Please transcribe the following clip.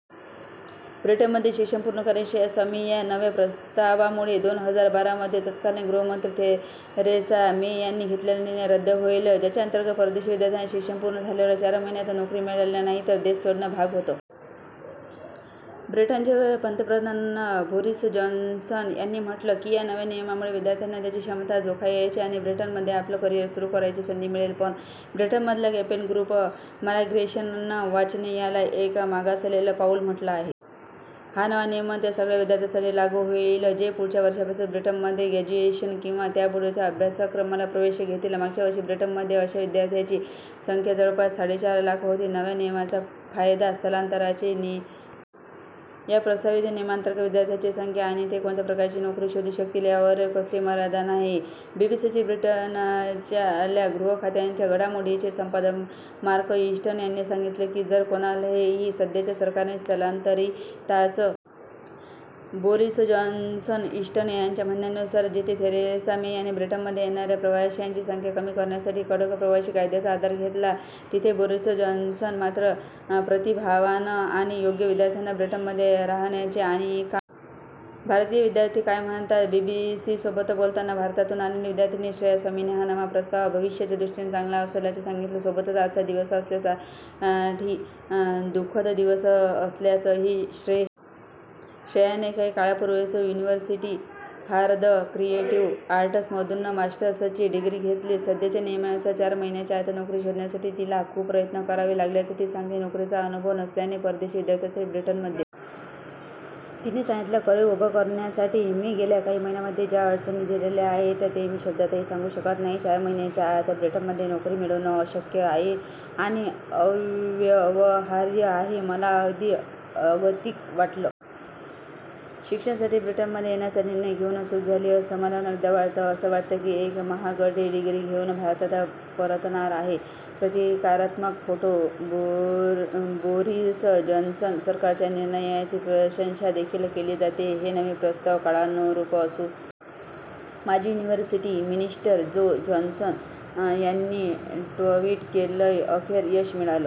ब्रिटनमध्ये शिक्षण पूर्ण करणारी श्रेया स्वामी या नव्या प्रस्तावामुळे दोन हजार बारा मध्ये तत्कालीन गृहमंत्री थेरेसा मे यांनी घेतलेला निर्णय रद्द होईल ज्याच्या अंतर्गत परदेशी विद्यार्थ्यांना शिक्षण पूर्ण झाल्यावर चार महिन्यात नोकरी मिळाली नाही तर देश सोडणं भाग होतं. ब्रिटनचे पंतप्रधान बोरिस जॉन्सन यांनी म्हटलं की या नव्या नियमामुळे विद्यार्थ्यांना त्यांची क्षमता जोखायची आणि ब्रिटनमध्ये आपलं करिअर सुरू करायची संधी मिळेल. पण ब्रिटनमधला कँपेन ग्रुप 'मायग्रेशन वॉच'ने याला एक 'मागासलेलं पाऊल' म्हटलं आहे. हा नवा नियम त्या सगळ्या विद्यार्थ्यांसाठी लागू होईल जे पुढच्या वर्षापासून ब्रिटनमध्ये ग्रॅज्युएशन किंवा त्यापुढच्या अभ्यासक्रमाला प्रवेश घेतील. मागच्या वर्षी ब्रिटनमध्ये अशा विद्यार्थ्यांची संख्या जवळपास साडेचार लाख होती. नव्या नियमांचा फायदा स्थलांतराचे नियम पाळले जातात की नाही याचा ट्रॅक रेकॉर्ड ठेवणाऱ्या संस्थांमध्ये शिकणाऱ्या विद्यार्थ्यांनाच मिळेल. या प्रस्तावित नियमांतर्गत विद्यार्थ्यांची संख्या आणि ते कोणत्या प्रकारची नोकरी शोधू शकतील यावर कसलीही मर्यादा नाही. बीबीसीचे ब्रिटनच्या गृहखात्यांच्या घडामोडींचे संपादक मार्क इस्टन यांनी सांगितलं की जर कोणालाही सध्याच्या सरकारने स्थलांतरितांच्या बाबतीत नवा दृष्टीकोन स्वीकारला आहे याचा पुरावा हवा असेल तर त्यांनी आजच्या या घोषणेकडे नजर टाकावी. बोरिस जॉन्सन ईस्टन यांच्या म्हणण्यानुसार जिथे थेरेसा मे यांनी ब्रिटनमध्ये येणाऱ्या प्रवाशांची संख्या कमी करण्यासाठी कडक प्रवासी कायद्यांचा आधार घेताल तिथे बोरिस जॉन्सन मात्र प्रतिभावान आणि योग्य विद्यार्थ्यांना ब्रिटनमध्ये राहाण्याची आणि काम करण्याची मुभा देत आहेत. भारतीय विद्यार्थी काय म्हणतात? बीबीसीसोबत बोलताना भारतातून आलेली विद्यार्थिनी श्रेया स्वामीने हा नवा प्रस्ताव भविष्याच्या दृष्टीने चांगला असल्याचं सांगितलं. सोबतच आजचा दिवस आपल्यासाठी 'दुखःद दिवस' असल्याचंही श्रेया म्हणते कारण आधीपासून ब्रिटनमध्ये शिक्षण घेणाऱ्या मुलांच्या दृष्टीने हा निर्णय खूप उशीरा घेण्यात आलाय. श्रेयाने काही काळापूर्वीच 'युनिव्हर्सिटी फॉर द क्रिएटिव्ह आर्ट्स'मधून मार्स्टर्सची डिग्री घेतली. सध्याच्या नियमांनुसार चार महिन्यांच्या आत नोकरी शोधण्यासाठी तिला खूप प्रयत्न करावे लागल्याचं ती सांगते. नोकरीचा अनुभव नसल्याने परदेशी विद्यार्थ्यांसाठी ब्रिटनमध्ये नगण्य नोकऱ्या असल्याचं श्रेया सांगते. तिने सांगितलं करियर उभं करण्यासाठी मी गेल्या काही महिन्यांमध्ये ज्या अडचणी झेलल्या आहेत ते मी शब्दांतही सांगू शकत नाही. चार महिन्यांच्या आत ब्रिटनमध्ये नोकरी मिळवणं अशक्य आणि अव्यवहार्य आहे. मला अगदी अगतिक वाटलं. शिक्षणासाठी ब्रिटनमध्ये येण्याचा निर्णय घेऊन चूक झाली असं मला अनेकदा वाटतं. असं वाटतं की एक महागडी डिग्री घेऊन भारतात परतणार आहे. प्रतीकात्मक फोटो बोरिस जॉन्सन सरकारच्या या निर्णयाची प्रशंसादेखील केली जातेय. हे नवे प्रस्ताव काळानुरूप असून सरकाने जुनी चुकीची धोरणं अनेक वर्षांपूर्वीच बदलायलाच हवी होती, असं चॅन्सलर साजिद जाविद यांनी ट्विट केलंय. माजी 'युनिव्हर्सिटी मिनिस्टर' जो जॉन्सन यांनी ट्वीट केलंय, अखेर यश मिळालं.